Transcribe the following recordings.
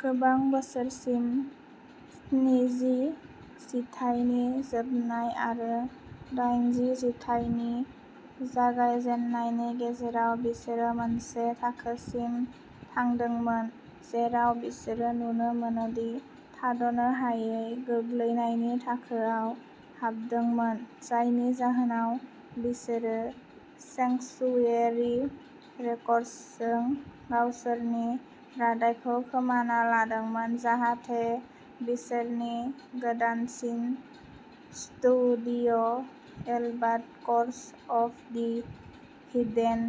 गोबां बोसोरसिम स्निजि जिथाइनि जोबनाय आरो दाइनजि जिथाइनि जागायजेन्नायनि गेजेराव बिसोरो मोनसे थाखोसिम थांदोंमोन जेराव बिसोरो नुनो मोनो दि थाद'नो हायै गोग्लैनायनि थाखोआव हाबदोंमोन। जायनि जाहोनाव बिसोरो सेंक्सुयेरि रेकर्डसजों गावसोरनि रादाइखौ खोमाना लादोंमोन जाहाथे बिसोरनि गोदानसिन studio' album course of the hidden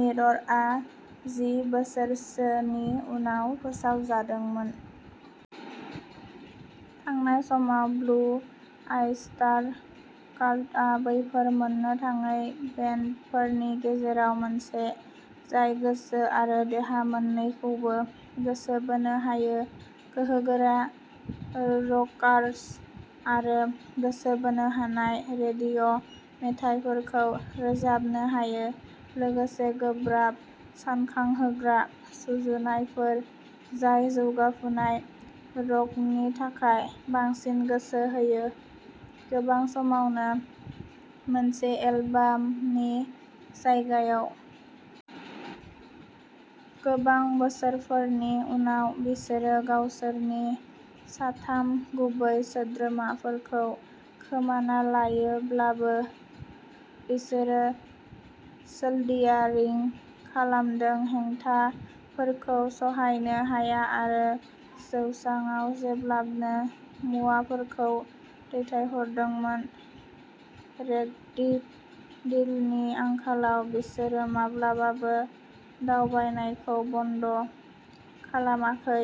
मिररआ जि बोसोरसोनि उनाव फोसावजादोंमोन। थांनाय समाव ब्लु ऑयस्टार काल्टआ बैफोर मोननो थाङै बेन्डफोरनि गेजेराव मोनसे जाय गोसो आरो देहा मोननैखौबो गोसो बोनो हायो गोहोगोरा रकार्स आरो गोसो बोनो हानाय रेडिय' मेथाइफोरखौ रोजाबनो हायो लोगोसे गोब्राब सानखांहोग्रा सुजुनायफोर जाय जौगाफुनाय र'कनि थाखाय बांसिन गोसो होयो गोबां समावना मोनसे एलबामनि जायगायाव। गोबां बोसोरफोरनि उनाव बिसोरो गावसोरनि साथाम गुबै सोद्रोमाफोरखौ खोमाना लायोब्लाबो बिसोरो सोल्डियारिं खालामदों हेंथाफोरखौ सहायनो हाया आरो जौस्राङाव जेब्लानो मुवाफोरखौ दैथायहरदोंमोन रेकडि डिलनि आंखालाव बिसोरो माब्लाबाबो दावबायनायखौ बन्द खालामाखै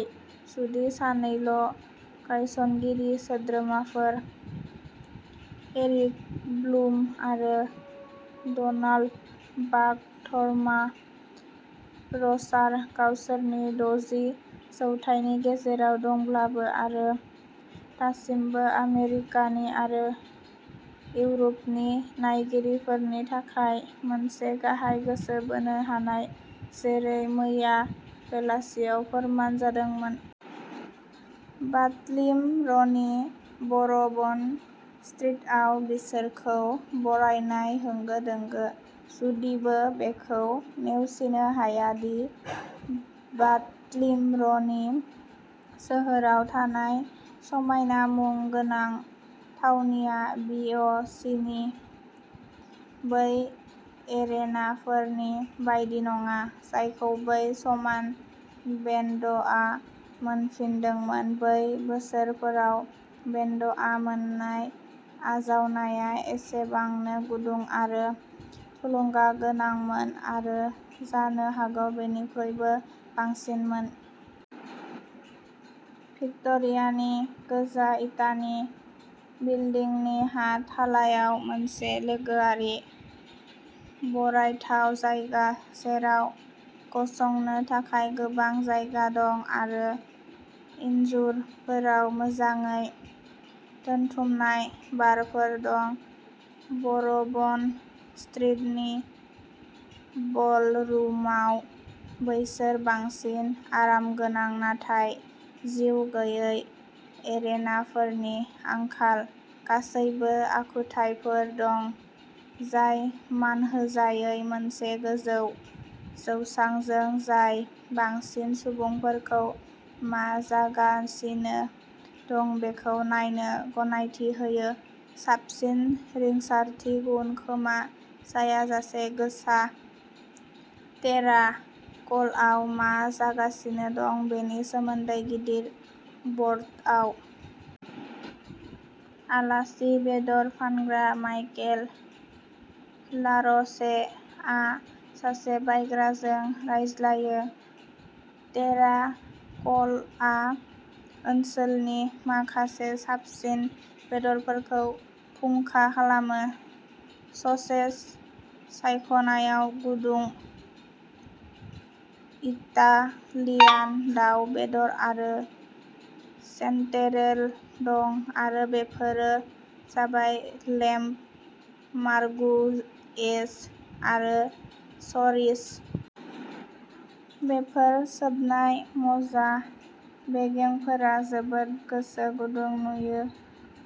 जुदि सानैल' गायसनगिरि सोद्रोमाफोर एरिकब्लुम आरो डनाल्ड "बाक धर्मा" र'सार गावसोरनि दजि जौथायनि गेजेराव दंब्लाबो आरो दासिमबो आमेरिकानि आरो इउर'पनि नायगिरिफोरनि थाखाय मोनसे गाहाय गोसो बोनो हानाय जेरै मैया बेलासियाव फोरमान जादोंमोन। बाल्टिम'रनि ब'रबन स्ट्रिटआव बिसोरखौ बरायनाय होंगो-दोंगो। जुदिबो बेखौ नेवसिनो हाया दि बाल्टिम'रनि सोहोराव थानाय समायना मुं गोनां थावनिया बि. अ. सि. नि बै एरेनाफोरनि बायदि नङा जायखौ बै समाव बेन्डआ मोनफिनदोंमोन। बै बोसोरफोराव बेन्डआ मोननाय आजावनाया एसेबांनो गुदुं आरो थुलुंगागोनांमोन आरो जानो हागौ बेनिख्रुइबो बांसिनमोन। भिक्ट'रियानि गोजा इटानि बिल्डिंनि हा थालायाव मोनसे लोगोआरि बरायथाव जायगा जेराव गसंनो थाखाय गोबां जायगा दं आरो इनजुरफोराव मोजाङै दोनथुमनाय बारफोर दं ब'रबन स्ट्रिटनि बलरुमाव बैसोर बांसिन आरामगोनां नाथाय जिउ गैयै एरेनाफोरनि आंखाल गासैबो आखुथायफोर दं जाय मानहोजायै मोनसे गोजौ जौसांजों जाय बांसिन सुबुंफोरखौ मा जागासिनो दं बेखौ नायनो गनायथि होयो साबसिन रिंसारथि गुन खोमा जायाजासे गोसा टेरा क'लआव मा जागासिनो दं बेनि सोमोन्दै गिदिर बर्डआव। आलासि बेदर फानग्रा माइकेल लार'चे आ सासे बायग्राजों रायज्लायो। टेरा क'लआ ओनसोलनि माखासे साबसिन बेदरफोरखौ फुंखा खालामो। ससेज सायख'नायाव गुदुं इटालियान दाव बेदर आरो चेन्टेरेल दं आरो बेफोरो जाबाय लेम्ब मार्गुएज आरो च'रिज'। बेफोर सोबनाय मज्जा बेगेंफोरा जोबोद गोसो गुदुं नुयो।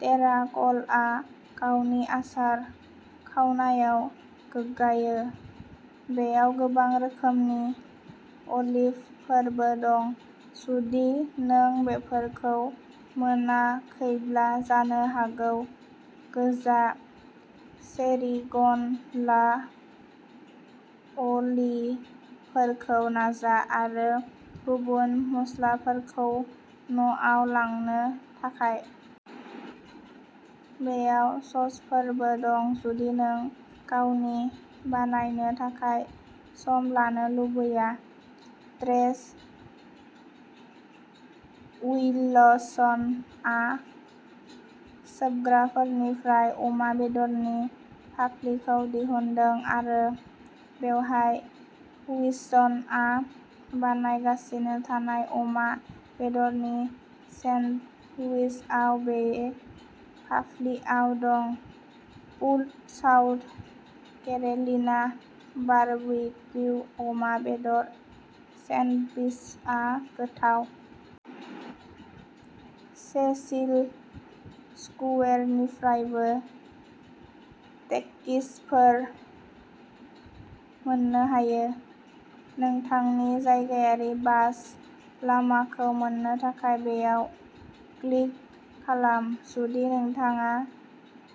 टेरा क'लआ गावनि आसार-खावनायाव गोग्गायो। बेयाव गोबां रोखोमनि अलिभफोरबो दं। जुदि नों बेफोरखौ मोनाखैब्ला जानो हागौ गोजा सेरिग्न'ला अलिभफोरखौ नाजा। आरो गुबुन मस्लाफोरखौ न'आव लांनो थाखाय। बेयाव ससफोरबो दं जुदि नों गावनि बानायनो थाखाय सम लानो लुबैया। ट्रेस उइलसनआ सोबग्राफोरनिफ्राय अमा बेदरनि फाफ्लिखौ दिहुनदों। आरो बेवहाय विल्सनआ बानायगासिनो थानाय अमा बेदरनि सेन्डविचआव बे फाफ्लिआव दं। "पुल्ड साउथ केरे'लिना बारबिक्यु अमा बेदर" सेन्डविचआ गोथाव। सेसिल स्कुवेरनिफ्रायबो टेक्सिफोर मोननो हायो। नोंथांनि जायगायारि बास लामाखौ मोननो थाखाय बेयाव क्लिक खालाम। जुदि नोंथाङा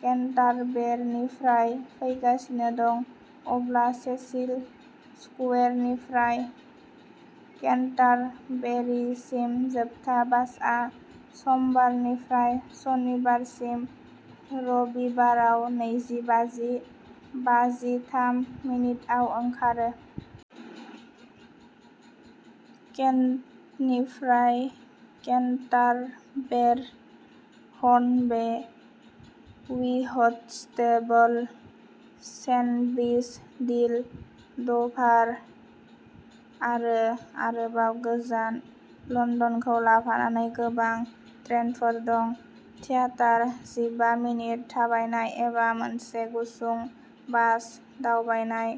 केन्टारबेरनिफ्राय फैगासिनो दं अब्ला सेसिल स्कुवेरनिफ्राय केन्टारबेरिसिम जोबथा बासआ समबारनिफ्राय सनिबारसिम रबिबाराव नैजि बाजि बाजिथाम मिनिटआव ओंखारो। केन्टनिफ्राय केन्टारबेर, हर्न बे, व्हिटस्टेबल, सेन्डविच, डील, डभार आरो आरोबाव गोजान लन्दनखौ लाफानानै गोबां ट्रेनफोर दं। थियेटारा जिबा मिनिट थाबायनाय एबा मोनसे गुसुं बास दावबायनाय,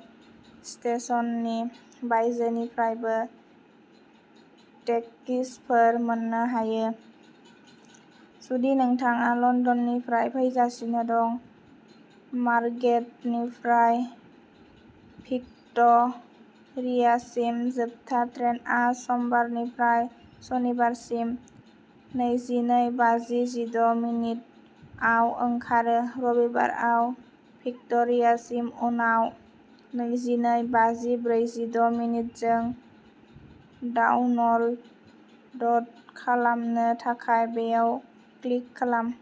स्टेशननि बायजोनिफ्रायबो टेकिसफोर मोननो हायो। जुदि नोंथाङा लन्दननिफ्राय फैगासिनो दं मार्गेटनिफ्राय भिक्ट'रियासिम जोबथा ट्रेनआ समबारनिफ्राय सनिबारसिम नैजिनै बाजि जिद' मिनिट आव ओंखारो, रबिबाराव भिक्ट'रियासिम उनाव नैजिनै बाजि ब्रैजिद' मिनिट जों डाउनल'ड खालामनो थाखाय बेयाव क्लिक खालाम।